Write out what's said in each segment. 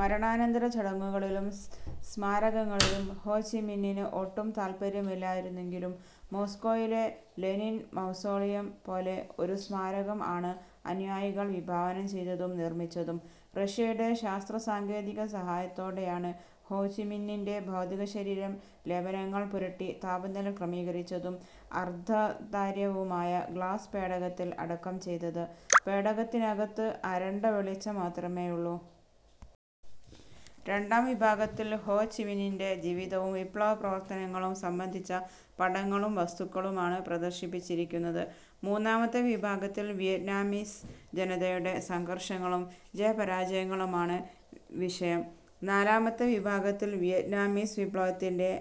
മരണാനന്തര ചടങ്ങുകളിലും സ്മാരകങ്ങളിലും ഹോ ചിമിന്നിന് ഒട്ടും താത്പര്യമില്ലായിരുന്നെങ്കിലും മോസ്കോയിലെ ലെനിൻ മൗസോളിയം പോലെ ഒരു സ്മാരകം ആണ് അനുയായികൾ വിഭാവനം ചെയ്തതും നിർമിച്ചതും. റഷ്യയുടെ ശാസ്ത്രസാങ്കേതിക സഹായത്തോടെയാണ് ഹോചിമിന്നിന്റെ ഭൗതികശരീരം ലേപനങ്ങൾ പുരട്ടി താപനില ക്രമീകരിച്ചതും അർധതാര്യവുമായ ഗ്ലാസ് പേടകത്തിൽ അടക്കം ചെയ്തത്. പേടകത്തിനകത്ത് അരണ്ട വെളിച്ചം മാത്രമേയുള്ളു. രണ്ടാം വിഭാഗത്തിൽ ഹോ ചിമിനിന്റെ ജിവിതവും വിപ്ലവപ്രവർത്തനങ്ങളും സംബന്ധിച്ച പടങ്ങളും വസ്തുക്കളുമാണ് പ്രദർശിപ്പിച്ചിരിക്കുന്നത്. മൂന്നാമത്തെ വിഭാഗത്തിൽ വിയറ്റ്നാമിസ് ജനതയുടെ സംഘർഷങ്ങളും ജയപരാജയങ്ങളുമാണ് വിഷയം. നാലാമത്തെ വിഭാഗത്തിൽ വിയറ്റ്നാമീസ് വിപ്ലവത്തിന്റെ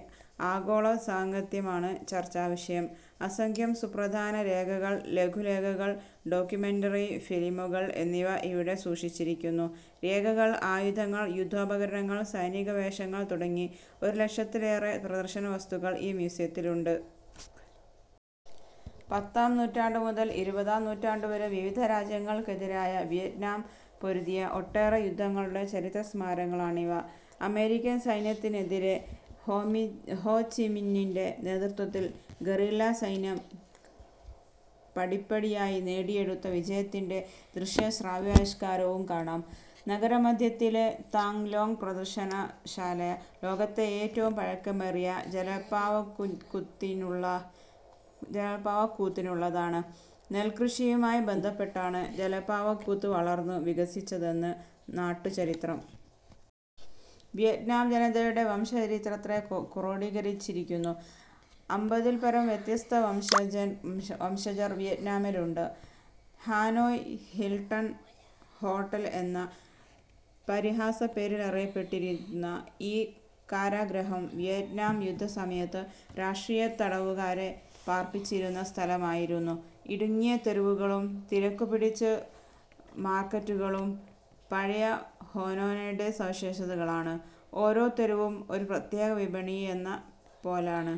ആഗോളസാംഗത്യമാണ് ചർച്ചാവിഷയം. അസംഖ്യം സുപ്രധാന രേഖകൾ, ലഘുലേഖകൾ, ഡോക്യുമെന്ററി ഫിലിമുകൾ എന്നിവ ഇവിടെ സൂക്ഷിച്ചിരിക്കുന്നു. രേഖകൾ, ആയുധങ്ങൾ, യുദ്ധോപകരണങ്ങൾ, സൈനികവേഷങ്ങൾ തുടങ്ങി ഒരു ലക്ഷത്തിലേറെ പ്രദർശനവസ്തുക്കൾ ഈ മ്യൂസിയത്തിലുണ്ട്. പത്താം നൂറ്റാണ്ടു മുതൽ ഇരുപതാം നൂറ്റാണ്ടുവരെ വിവിധ രാജ്യങ്ങൾക്കെതിരായി വിയറ്റ്നാം പൊരുതിയ ഒട്ടേറെ യുദ്ധങ്ങളുടെ ചരിത്രസ്മാരകങ്ങളാണിവ. അമേരിക്കൻ സൈന്യത്തിനെതിരെ ഹോചിമിന്നിന്റെ നേതൃത്വത്തിൽ ഗറില്ലാസൈന്യം പടിപ്പടിയായി നേടിയെടുത്ത വിജയത്തിന്റെ ദൃശ്യ-ശ്രവ്യാവിഷ്കാരവും കാണാം. നഗരമധ്യത്തിലെ താങ് ലോങ് പ്രദർശനശാല ലോകത്തെ ഏറ്റവും പഴക്കമേറിയ ജലപ്പാവക്കൂത്തിനുള്ളതാണ്. നെൽകൃഷിയുമായി ബന്ധപ്പെട്ടാണ് ജലപ്പാവക്കൂത്ത് വളർന്നു വികസിച്ചതെന്ന് നാട്ടു ചരിത്രം. വിയറ്റ്നാം ജനതയുടെ വംശചരിത്രത്തെ ക്രോഡീകരിച്ചിരിക്കുന്നു. അമ്പതിൽപരം വ്യത്യസ്ത വംശജർ വിയറ്റ്നാമിലുണ്ട്. ഹാനോയ് ഹിൽട്ടൺ ഹോട്ടൽ എന്ന പരിഹാസപ്പേരിലറിയപ്പെട്ടിരുന്ന ഈ കാരാഗ്രഹം വിയറ്റ്നാം യുദ്ധസമയത്ത് രാഷ്ട്രീയത്തടവുകാരെ പാർപ്പിച്ചിരുന്ന സ്ഥലമായിരുന്നു. ഇടുങ്ങിയ തെരുവുകളും തിരക്കുപിടിച്ച മാർക്കറ്റുകളും പഴയ ഹോനോയുടെ സവിശേഷതകളാണ്. ഓരോ തെരുവും ഒരു പ്രത്യേക വിപണിയെന്ന പോലാണ്.